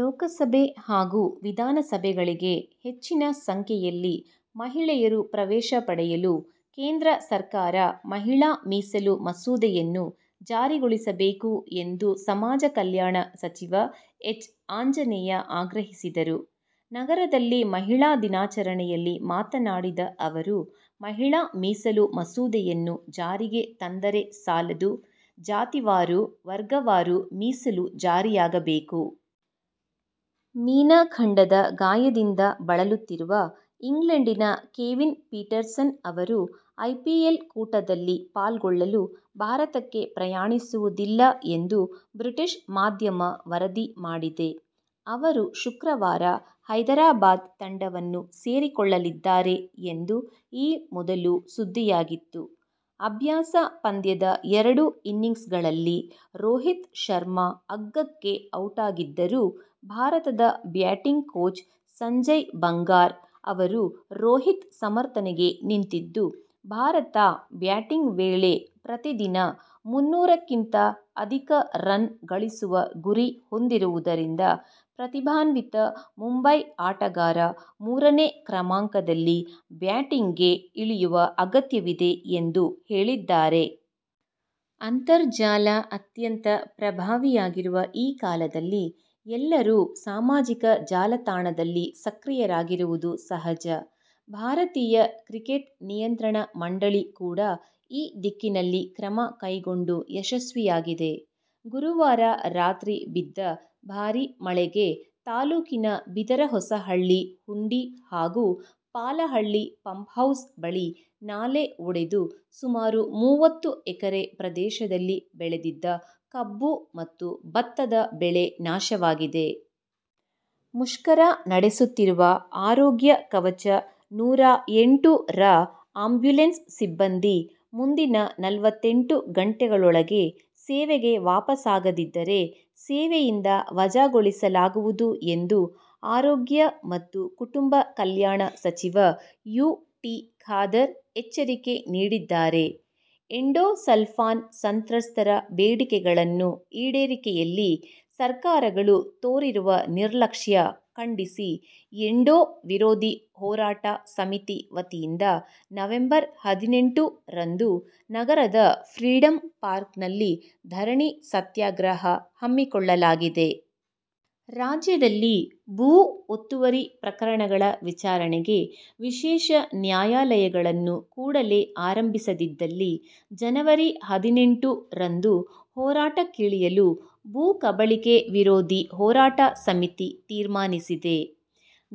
ಲೋಕಸಭೆ ಹಾಗೂ ವಿಧಾನಸಭೆಗಳಿಗೆ ಹೆಚ್ಚಿನ ಸಂಖ್ಯೆಯಲ್ಲಿ ಮಹಿಳೆಯರು ಪ್ರವೇಶಪಡೆಯಲು ಕೇಂದ್ರ ಸರ್ಕಾರ ಮಹಿಳಾ ಮೀಸಲು ಮಸೂದೆಯನ್ನು ಜಾರಿಗೊಳಿಸಬೇಕು ಎಂದುಸಮಾಜಕಲ್ಯಾಣ ಸಚಿವ ಎಚ್. ಆಂಜನೇಯ ಆಗ್ರಹಿಸಿದರು. ನಗರದಲ್ಲಿ ಮಹಿಳಾ ದಿನಾಚರಣೆಯಲ್ಲಿ ಮಾತನಾಡಿದ ಅವರು, ಮಹಿಳಾ ಮೀಸಲು ಮಸೂದೆಯನ್ನು ಜಾರಿಗೆ ತಂದರೆ ಸಾಲದು, ಜಾತಿವಾರು, ವರ್ಗವಾರು ಮೀಸಲು ಜಾರಿಯಾಗಬೇಕು. ಮೀನಖಂಡದ ಗಾಯದಿಂದ ಬಳಲುತ್ತಿರುವ ಇಂಗ್ಲೆಂಡಿನ ಕೇವಿನ್ ಪೀಟರ್ಸನ್ ಅವರು ಐಪಿಎಲ್ ಕೂಟದಲ್ಲಿ ಪಾಲ್ಗೊಳ್ಳಲು ಭಾರತಕ್ಕೆ ಪ್ರಯಾಣಿಸುವುದಿಲ್ಲ ಎಂದು ಬ್ರಿಟಿಷ್ ಮಾಧ್ಯಮ ವರದಿ ಮಾಡಿದೆ. ಅವರು ಶುಕ್ರವಾರ ಹೈದರಾಬಾದ್ ತಂಡವನ್ನು ಸೇರಿಕೊಳ್ಳಲಿದ್ದಾರೆ ಎಂದು ಈ ಮೊದಲು ಸುದ್ದಿಯಾಗಿತ್ತು. ಅಭ್ಯಾಸ ಪಂದ್ಯದ ಎರಡು ಇನ್ನಿಂಗ್ಸ್ಗಳಲ್ಲಿ ರೋಹಿತ್ ಶರ್ಮ ಅಗ್ಗಕ್ಕೆ ಔಟಾಗಿದ್ದರೂ ಭಾರತದ ಬ್ಯಾಟಿಂಗ್ ಕೋಚ್ ಸಂಜಯ್ ಬಂಗಾರ್ ಅವರು ರೋಹಿತ್ ಸಮರ್ಥನೆಗೆ ನಿಂತಿದ್ದು, ಭಾರತ ಬ್ಯಾಟಿಂಗ್ ವೇಳೆ ಪ್ರತಿದಿನ ಮುನ್ನೂರಕ್ಕಿಂತ ಅಧಿಕ ರನ್ ಗಳಿಸುವ ಗುರಿ ಹೊಂದಿರುವುದರಿಂದ ಪ್ರತಿಭಾನ್ವಿತ ಮುಂಬಯಿ ಆಟಗಾರ ಮೂರನೇ ಕ್ರಮಾಂಕದಲ್ಲಿ ಬ್ಯಾಟಿಂಗ್ಗೆ ಇಳಿಯುವ ಅಗತ್ಯವಿದೆ ಎಂದು ಹೇಳಿದ್ದಾರೆ. ಅಂತರ್ಜಾಲ ಅತ್ಯಂತ ಪ್ರಭಾವಿಯಾಗಿರುವ ಈ ಕಾಲದಲ್ಲಿ ಎಲ್ಲರೂ ಸಾಮಾಜಿಕ ಜಾಲತಾಣದಲ್ಲಿ ಸಕ್ರಿಯರಾಗಿರುವುದು ಸಹಜ. ಭಾರತೀಯ ಕ್ರಿಕೆಟ್ ನಿಯಂತ್ರಣ ಮಂಡಳಿ ಕೂಡ ಈ ದಿಕ್ಕಿನಲ್ಲಿ ಕ್ರಮ ಕೈಗೊಂಡು ಯಶಸ್ವಿಯಾಗಿದೆ. ಗುರುವಾರ ರಾತ್ರಿ ಬಿದ್ದ ಭಾರಿ ಮಳೆಗೆ ತಾಲೂಕಿನ ಬಿದರಹೊಸಹಳ್ಳಿ ಹುಂಡಿ ಹಾಗೂ ಪಾಲಹಳ್ಳಿ ಪಂಪ್ಹೌಸ್ ಬಳಿ ನಾಲೆ ಒಡೆದು ಸುಮಾರು ಮೂವತ್ತು ಎಕರೆ ಪ್ರದೇಶದಲ್ಲಿ ಬೆಳೆದಿದ್ದ ಕಬ್ಬು ಮತ್ತು ಭತ್ತದ ಬೆಳೆ ನಾಶವಾಗಿದೆ. ಮುಷ್ಕರ ನಡೆಸುತ್ತಿರುವ ಆರೋಗ್ಯ ಕವಚ ನೂರಾ ಎಂಟು ರ ಆಂಬ್ಯುಲೆನ್ಸ್ ಸಿಬ್ಬಂದಿ ಮುಂದಿನ ನಲ್ವತ್ತೆಂಟು ಗಂಟೆಗಳೊಳಗೆ ಸೇವೆಗೆ ವಾಪಸಾಗದಿದ್ದರೆ ಸೇವೆಯಿಂದ ವಜಾಗೊಳಿಸಲಾಗುವುದು ಎಂದು ಆರೋಗ್ಯ ಮತ್ತು ಕುಟುಂಬ ಕಲ್ಯಾಣ ಸಚಿವ ಯು. ಟಿ. ಖಾದರ್ ಎಚ್ಚರಿಕೆ ನೀಡಿದ್ದಾರೆ. ಎಂಡೋ ಸಲ್ಫಾನ್ ಸಂತ್ರಸ್ಥರ ಬೇಡಿಕೆಗಳನ್ನು ಈಡೇರಿಕೆಯಲ್ಲಿ ಸರ್ಕಾರಗಳು ತೋರಿರುವ ನಿರ್ಲಕ್ಷ್ಯ ಖಂಡಿಸಿ ಎಂಡೋ ವಿರೋಧಿ ಹೋರಾಟ ಸಮಿತಿ ವತಿಯಿಂದ ನವೆಂಬರ್ ಹದಿನೆಂಟು ರಂದು ನಗರದ ಫ್ರೀಡಂ ಪಾರ್ಕ್ನಲ್ಲಿ ಧರಣಿ ಸತ್ಯಾಗ್ರಹ ಹಮ್ಮಿಕೊಳ್ಳಲಾಗಿದೆ. ರಾಜ್ಯದಲ್ಲಿ ಭೂ ಒತ್ತುವರಿ ಪ್ರಕರಣಗಳ ವಿಚಾರಣೆಗೆ ವಿಶೇಷ ನ್ಯಾಯಾಲಯಗಳನ್ನು ಕೂಡಲೇ ಆರಂಭಿಸದಿದ್ದಲ್ಲಿ ಜನವರಿ ಹದಿನೆಂಟು ರಂದು ಹೋರಾಟಕ್ಕಿಳಿಯಲು ಭೂಕಬಳಿಕೆ ವಿರೋಧಿ ಹೋರಾಟ ಸಮಿತಿ ತೀರ್ಮಾನಿಸಿದೆ.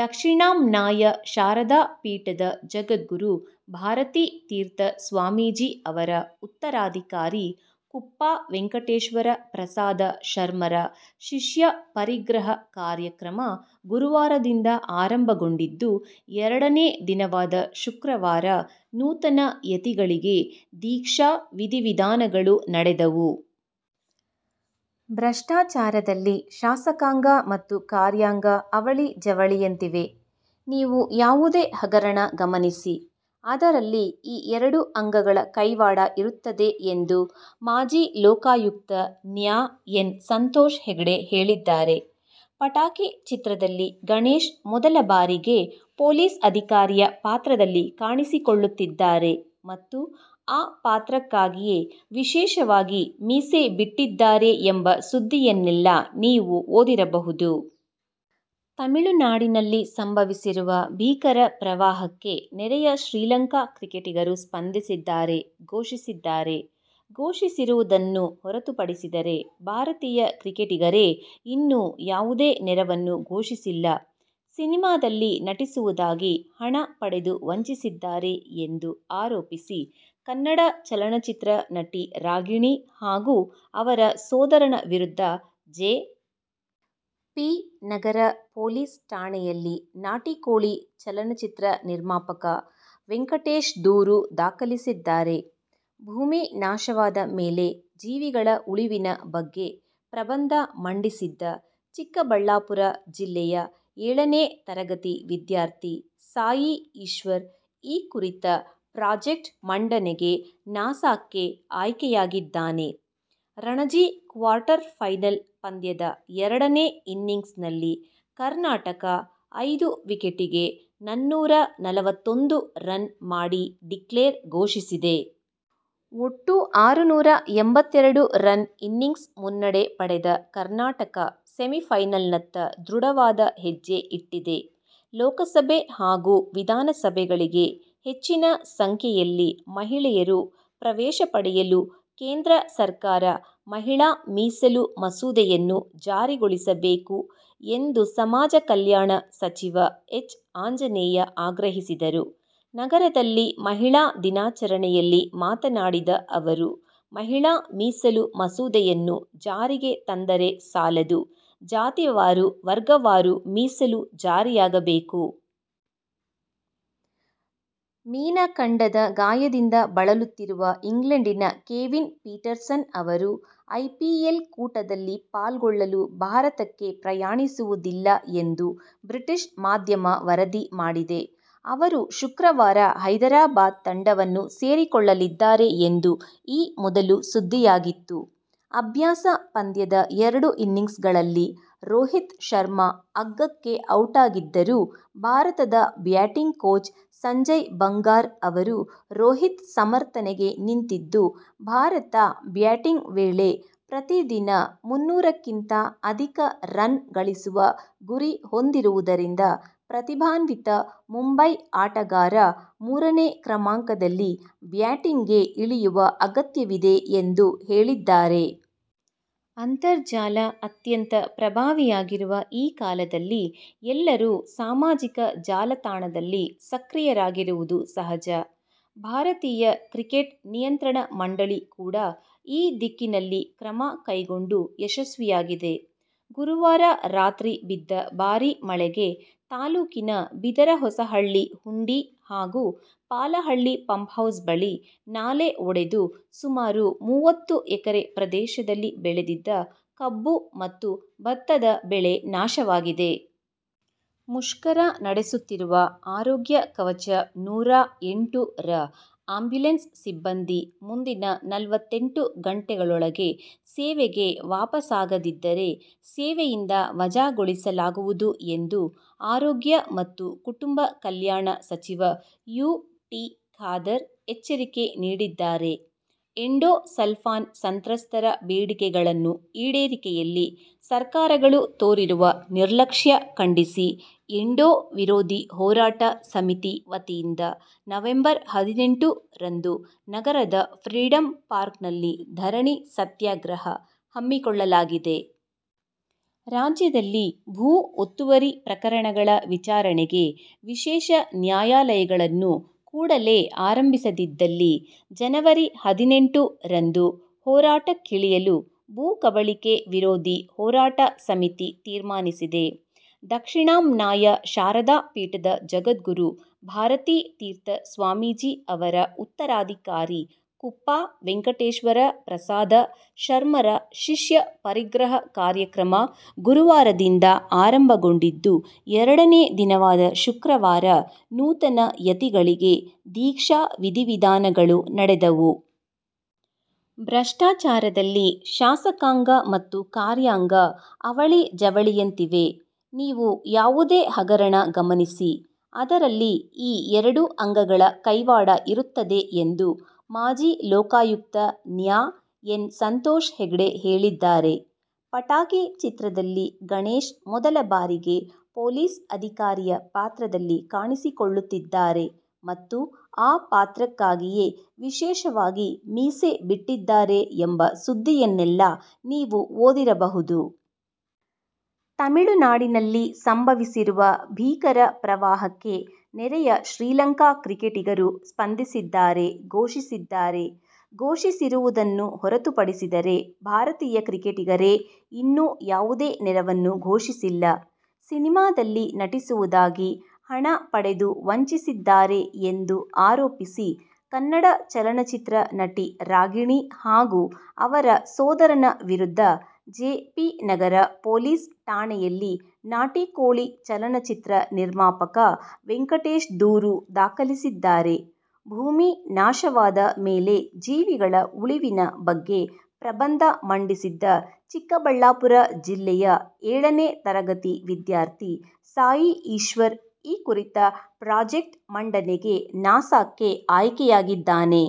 ದಕ್ಷಿಣಾಮ್ನಾಯ ಶಾರದಾಪೀಠದ ಜಗದ್ಗುರು ಭಾರತೀ ತೀರ್ಥ ಸ್ವಾಮೀಜಿ ಅವರ ಉತ್ತರಾಧಿಕಾರಿ ಕುಪ್ಪಾ ವೆಂಕಟೇಶ್ವರ ಪ್ರಸಾದ ಶರ್ಮರ ಶಿಷ್ಯ ಪರಿಗ್ರಹ ಕಾರ್ಯಕ್ರಮ ಗುರುವಾರದಿಂದ ಆರಂಭಗೊಂಡಿದ್ದು ಎರಡನೇ ದಿನವಾದ ಶುಕ್ರವಾರ ನೂತನ ಯತಿಗಳಿಗೆ ದೀಕ್ಷಾ ವಿಧಿವಿಧಾನಗಳು ನಡೆದವು. ಭ್ರಷ್ಟಾಚಾರದಲ್ಲಿ ಶಾಸಕಾಂಗ ಮತ್ತು ಕಾರ್ಯಾಂಗ ಅವಳಿ- ಜವಳಿಯಂತಿವೆ. ನೀವು ಯಾವುದೇ ಹಗರಣ ಗಮನಿಸಿ, ಅದರಲ್ಲಿ ಈ ಎರಡು ಅಂಗಗಳ ಕೈವಾಡ ಇರುತ್ತದೆ ಎಂದು ಮಾಜಿ ಲೋಕಾಯುಕ್ತ ನ್ಯಾ ಎನ್. ಸಂತೋಷ್ ಹೆಗ್ಡೆ ಹೇಳಿದ್ದಾರೆ. 'ಪಟಾಕಿ' ಚಿತ್ರದಲ್ಲಿ ಗಣೇಶ್ ಮೊದಲ ಬಾರಿಗೆ ಪೊಲೀಸ್ ಅಧಿಕಾರಿಯ ಪಾತ್ರದಲ್ಲಿ ಕಾಣಿಸಿಕೊಳ್ಳುತ್ತಿದ್ದಾರೆ ಮತ್ತು ಆ ಪಾತ್ರಕ್ಕಾಗಿಯೇ ವಿಶೇಷವಾಗಿ ಮೀಸೆ ಬಿಟ್ಟಿದ್ದಾರೆ ಎಂಬ ಸುದ್ದಿಯನ್ನೆಲ್ಲಾ ನೀವು ಓದಿರಬಹುದು. ತಮಿಳುನಾಡಿನಲ್ಲಿ ಸಂಭವಿಸಿರುವ ಭೀಕರ ಪ್ರವಾಹಕ್ಕೆ ನೆರೆಯ ಶ್ರೀಲಂಕಾ ಕ್ರಿಕೆಟಿಗರು ಸ್ಪಂದಿಸಿದ್ದಾರೆ. ಘೋಷಿಸಿದ್ದಾರೆ. ಘೋಷಿಸಿರುವುದನ್ನು ಹೊರತುಪಡಿಸಿದರೆ ಭಾರತೀಯ ಕ್ರಿಕೆಟಿಗರೇ ಇನ್ನೂ ಯಾವುದೇ ನೆರವನ್ನು ಘೋಷಿಸಿಲ್ಲ. ಸಿನಿಮಾದಲ್ಲಿ ನಟಿಸುವುದಾಗಿ ಹಣ ಪಡೆದು ವಂಚಿಸಿದ್ದಾರೆ ಎಂದು ಆರೋಪಿಸಿ ಕನ್ನಡ ಚಲನಚಿತ್ರ ನಟಿ ರಾಗಿಣಿ ಹಾಗೂ ಅವರ ಸೋದರನ ವಿರುದ್ಧ ಜೆ. ಪಿ. ನಗರ ಪೊಲೀಸ್ ಠಾಣೆಯಲ್ಲಿ ನಾಟಿಕೋಳಿ ಚಲನಚಿತ್ರ ನಿರ್ಮಾಪಕ ವೆಂಕಟೇಶ್ದೂರು ದಾಖಲಿಸಿದ್ದಾರೆ. ಭೂಮಿ ನಾಶವಾದ ಮೇಲೆ ಜೀವಿಗಳ ಉಳಿವಿನ ಬಗ್ಗೆ ಪ್ರಬಂಧ ಮಂಡಿಸಿದ್ದ ಚಿಕ್ಕಬಳ್ಳಾಪುರ ಜಿಲ್ಲೆಯ ಏಳನೇ ತರಗತಿ ವಿದ್ಯಾರ್ಥಿ ಸಾಯಿ ಈಶ್ವರ್ ಈ ಕುರಿತ ಪ್ರಾಜೆಕ್ಟ್ ಮಂಡನೆಗೆ ನಾಸಾಕ್ಕೆ ಆಯ್ಕೆಯಾಗಿದ್ದಾನೆ. ರಣಜಿ ಕ್ವಾರ್ಟರ್ಫೈನಲ್ ಪಂದ್ಯದ ಎರಡನೇ ಇನ್ನಿಂಗ್ಸ್ನಲ್ಲಿ ಕರ್ನಾಟಕ ಐದು ವಿಕೆಟಿಗೆ ನನ್ನೂರ ನಲವತ್ತೊಂದು ರನ್ ಮಾಡಿ ಡಿಕ್ಲೇರ್ ಘೋಷಿಸಿದೆ. ಒಟ್ಟು ಆರುನೂರ ಎಂಬತ್ತೆರಡು ರನ್ ಇನ್ನಿಂಗ್ಸ್ ಮುನ್ನಡೆ ಪಡೆದ ಕರ್ನಾಟಕ ಸೆಮಿಫೈನಲ್ನತ್ತ ದೃಢವಾದ ಹೆಜ್ಜೆ ಇಟ್ಟಿದೆ. ಲೋಕಸಭೆ ಹಾಗೂ ವಿಧಾನಸಭೆಗಳಿಗೆ ಹೆಚ್ಚಿನ ಸಂಖ್ಯೆಯಲ್ಲಿ ಮಹಿಳೆಯರು ಪ್ರವೇಶಪಡೆಯಲು ಕೇಂದ್ರ ಸರ್ಕಾರ ಮಹಿಳಾ ಮೀಸಲು ಮಸೂದೆಯನ್ನು ಜಾರಿಗೊಳಿಸಬೇಕು ಎಂದುಸಮಾಜಕಲ್ಯಾಣ ಸಚಿವ ಎಚ್. ಆಂಜನೇಯ ಆಗ್ರಹಿಸಿದರು. ನಗರದಲ್ಲಿ ಮಹಿಳಾ ದಿನಾಚರಣೆಯಲ್ಲಿ ಮಾತನಾಡಿದ ಅವರು, ಮಹಿಳಾ ಮೀಸಲು ಮಸೂದೆಯನ್ನು ಜಾರಿಗೆ ತಂದರೆ ಸಾಲದು, ಜಾತಿವಾರು, ವರ್ಗವಾರು ಮೀಸಲು ಜಾರಿಯಾಗಬೇಕು. ಮೀನಖಂಡದ ಗಾಯದಿಂದ ಬಳಲುತ್ತಿರುವ ಇಂಗ್ಲೆಂಡಿನ ಕೇವಿನ್ ಪೀಟರ್ಸನ್ ಅವರು ಐಪಿಎಲ್ ಕೂಟದಲ್ಲಿ ಪಾಲ್ಗೊಳ್ಳಲು ಭಾರತಕ್ಕೆ ಪ್ರಯಾಣಿಸುವುದಿಲ್ಲ ಎಂದು ಬ್ರಿಟಿಷ್ ಮಾಧ್ಯಮ ವರದಿ ಮಾಡಿದೆ. ಅವರು ಶುಕ್ರವಾರ ಹೈದರಾಬಾದ್ ತಂಡವನ್ನು ಸೇರಿಕೊಳ್ಳಲಿದ್ದಾರೆ ಎಂದು ಈ ಮೊದಲು ಸುದ್ದಿಯಾಗಿತ್ತು. ಅಭ್ಯಾಸ ಪಂದ್ಯದ ಎರಡು ಇನ್ನಿಂಗ್ಸ್ಗಳಲ್ಲಿ ರೋಹಿತ್ ಶರ್ಮ ಅಗ್ಗಕ್ಕೆ ಔಟಾಗಿದ್ದರೂ ಭಾರತದ ಬ್ಯಾಟಿಂಗ್ ಕೋಚ್ ಸಂಜಯ್ ಬಂಗಾರ್ ಅವರು ರೋಹಿತ್ ಸಮರ್ಥನೆಗೆ ನಿಂತಿದ್ದು, ಭಾರತ ಬ್ಯಾಟಿಂಗ್ ವೇಳೆ ಪ್ರತಿದಿನ ಮುನ್ನೂರಕ್ಕಿಂತ ಅಧಿಕ ರನ್ ಗಳಿಸುವ ಗುರಿ ಹೊಂದಿರುವುದರಿಂದ ಪ್ರತಿಭಾನ್ವಿತ ಮುಂಬಯಿ ಆಟಗಾರ ಮೂರನೇ ಕ್ರಮಾಂಕದಲ್ಲಿ ಬ್ಯಾಟಿಂಗ್ಗೆ ಇಳಿಯುವ ಅಗತ್ಯವಿದೆ ಎಂದು ಹೇಳಿದ್ದಾರೆ. ಅಂತರ್ಜಾಲ ಅತ್ಯಂತ ಪ್ರಭಾವಿಯಾಗಿರುವ ಈ ಕಾಲದಲ್ಲಿ ಎಲ್ಲರೂ ಸಾಮಾಜಿಕ ಜಾಲತಾಣದಲ್ಲಿ ಸಕ್ರಿಯರಾಗಿರುವುದು ಸಹಜ. ಭಾರತೀಯ ಕ್ರಿಕೆಟ್ ನಿಯಂತ್ರಣ ಮಂಡಳಿ ಕೂಡ ಈ ದಿಕ್ಕಿನಲ್ಲಿ ಕ್ರಮ ಕೈಗೊಂಡು ಯಶಸ್ವಿಯಾಗಿದೆ. ಗುರುವಾರ ರಾತ್ರಿ ಬಿದ್ದ ಭಾರಿ ಮಳೆಗೆ ತಾಲೂಕಿನ ಬಿದರಹೊಸಹಳ್ಳಿ ಹುಂಡಿ ಹಾಗೂ ಪಾಲಹಳ್ಳಿ ಪಂಪ್ಹೌಸ್ ಬಳಿ ನಾಲೆ ಒಡೆದು ಸುಮಾರು ಮೂವತ್ತು ಎಕರೆ ಪ್ರದೇಶದಲ್ಲಿ ಬೆಳೆದಿದ್ದ ಕಬ್ಬು ಮತ್ತು ಭತ್ತದ ಬೆಳೆ ನಾಶವಾಗಿದೆ. ಮುಷ್ಕರ ನಡೆಸುತ್ತಿರುವ ಆರೋಗ್ಯ ಕವಚ ನೂರಾ ಎಂಟು ರ ಆಂಬ್ಯುಲೆನ್ಸ್ ಸಿಬ್ಬಂದಿ ಮುಂದಿನ ನಲ್ವತ್ತೆಂಟು ಗಂಟೆಗಳೊಳಗೆ ಸೇವೆಗೆ ವಾಪಸಾಗದಿದ್ದರೆ ಸೇವೆಯಿಂದ ವಜಾಗೊಳಿಸಲಾಗುವುದು ಎಂದು ಆರೋಗ್ಯ ಮತ್ತು ಕುಟುಂಬ ಕಲ್ಯಾಣ ಸಚಿವ ಯು. ಟಿ. ಖಾದರ್ ಎಚ್ಚರಿಕೆ ನೀಡಿದ್ದಾರೆ. ಎಂಡೋ ಸಲ್ಫಾನ್ ಸಂತ್ರಸ್ಥರ ಬೇಡಿಕೆಗಳನ್ನು ಈಡೇರಿಕೆಯಲ್ಲಿ ಸರ್ಕಾರಗಳು ತೋರಿರುವ ನಿರ್ಲಕ್ಷ್ಯ ಖಂಡಿಸಿ ಎಂಡೋ ವಿರೋಧಿ ಹೋರಾಟ ಸಮಿತಿ ವತಿಯಿಂದ ನವೆಂಬರ್ ಹದಿನೆಂಟು ರಂದು ನಗರದ ಫ್ರೀಡಂ ಪಾರ್ಕ್ನಲ್ಲಿ ಧರಣಿ ಸತ್ಯಾಗ್ರಹ ಹಮ್ಮಿಕೊಳ್ಳಲಾಗಿದೆ. ರಾಜ್ಯದಲ್ಲಿ ಭೂ ಒತ್ತುವರಿ ಪ್ರಕರಣಗಳ ವಿಚಾರಣೆಗೆ ವಿಶೇಷ ನ್ಯಾಯಾಲಯಗಳನ್ನು ಕೂಡಲೇ ಆರಂಭಿಸದಿದ್ದಲ್ಲಿ ಜನವರಿ ಹದಿನೆಂಟು ರಂದು ಹೋರಾಟಕ್ಕಿಳಿಯಲು ಭೂಕಬಳಿಕೆ ವಿರೋಧಿ ಹೋರಾಟ ಸಮಿತಿ ತೀರ್ಮಾನಿಸಿದೆ. ದಕ್ಷಿಣಾಮ್ನಾಯ ಶಾರದಾಪೀಠದ ಜಗದ್ಗುರು ಭಾರತೀ ತೀರ್ಥ ಸ್ವಾಮೀಜಿ ಅವರ ಉತ್ತರಾಧಿಕಾರಿ ಕುಪ್ಪಾ ವೆಂಕಟೇಶ್ವರ ಪ್ರಸಾದ ಶರ್ಮರ ಶಿಷ್ಯ ಪರಿಗ್ರಹ ಕಾರ್ಯಕ್ರಮ ಗುರುವಾರದಿಂದ ಆರಂಭಗೊಂಡಿದ್ದು ಎರಡನೇ ದಿನವಾದ ಶುಕ್ರವಾರ ನೂತನ ಯತಿಗಳಿಗೆ ದೀಕ್ಷಾ ವಿಧಿವಿಧಾನಗಳು ನಡೆದವು. ಭ್ರಷ್ಟಾಚಾರದಲ್ಲಿ ಶಾಸಕಾಂಗ ಮತ್ತು ಕಾರ್ಯಾಂಗ ಅವಳಿ- ಜವಳಿಯಂತಿವೆ. ನೀವು ಯಾವುದೇ ಹಗರಣ ಗಮನಿಸಿ, ಅದರಲ್ಲಿ ಈ ಎರಡು ಅಂಗಗಳ ಕೈವಾಡ ಇರುತ್ತದೆ ಎಂದು ಮಾಜಿ ಲೋಕಾಯುಕ್ತ ನ್ಯಾ ಎನ್. ಸಂತೋಷ್ ಹೆಗ್ಡೆ ಹೇಳಿದ್ದಾರೆ. 'ಪಟಾಕಿ' ಚಿತ್ರದಲ್ಲಿ ಗಣೇಶ್ ಮೊದಲ ಬಾರಿಗೆ ಪೊಲೀಸ್ ಅಧಿಕಾರಿಯ ಪಾತ್ರದಲ್ಲಿ ಕಾಣಿಸಿಕೊಳ್ಳುತ್ತಿದ್ದಾರೆ ಮತ್ತು ಆ ಪಾತ್ರಕ್ಕಾಗಿಯೇ ವಿಶೇಷವಾಗಿ ಮೀಸೆ ಬಿಟ್ಟಿದ್ದಾರೆ ಎಂಬ ಸುದ್ದಿಯನ್ನೆಲ್ಲಾ ನೀವು ಓದಿರಬಹುದು. ತಮಿಳುನಾಡಿನಲ್ಲಿ ಸಂಭವಿಸಿರುವ ಭೀಕರ ಪ್ರವಾಹಕ್ಕೆ ನೆರೆಯ ಶ್ರೀಲಂಕಾ ಕ್ರಿಕೆಟಿಗರು ಸ್ಪಂದಿಸಿದ್ದಾರೆ. ಘೋಷಿಸಿದ್ದಾರೆ. ಘೋಷಿಸಿರುವುದನ್ನು ಹೊರತುಪಡಿಸಿದರೆ ಭಾರತೀಯ ಕ್ರಿಕೆಟಿಗರೇ ಇನ್ನೂ ಯಾವುದೇ ನೆರವನ್ನು ಘೋಷಿಸಿಲ್ಲ. ಸಿನಿಮಾದಲ್ಲಿ ನಟಿಸುವುದಾಗಿ ಹಣ ಪಡೆದು ವಂಚಿಸಿದ್ದಾರೆ ಎಂದು ಆರೋಪಿಸಿ ಕನ್ನಡ ಚಲನಚಿತ್ರ ನಟಿ ರಾಗಿಣಿ ಹಾಗೂ ಅವರ ಸೋದರನ ವಿರುದ್ಧ ಜೆ. ಪಿ. ನಗರ ಪೊಲೀಸ್ ಠಾಣೆಯಲ್ಲಿ ನಾಟಿಕೋಳಿ ಚಲನಚಿತ್ರ ನಿರ್ಮಾಪಕ ವೆಂಕಟೇಶ್ದೂರು ದಾಖಲಿಸಿದ್ದಾರೆ. ಭೂಮಿ ನಾಶವಾದ ಮೇಲೆ ಜೀವಿಗಳ ಉಳಿವಿನ ಬಗ್ಗೆ ಪ್ರಬಂಧ ಮಂಡಿಸಿದ್ದ ಚಿಕ್ಕಬಳ್ಳಾಪುರ ಜಿಲ್ಲೆಯ ಏಳನೇ ತರಗತಿ ವಿದ್ಯಾರ್ಥಿ ಸಾಯಿ ಈಶ್ವರ್ ಈ ಕುರಿತ ಪ್ರಾಜೆಕ್ಟ್ ಮಂಡನೆಗೆ ನಾಸಾಕ್ಕೆ ಆಯ್ಕೆಯಾಗಿದ್ದಾನೆ.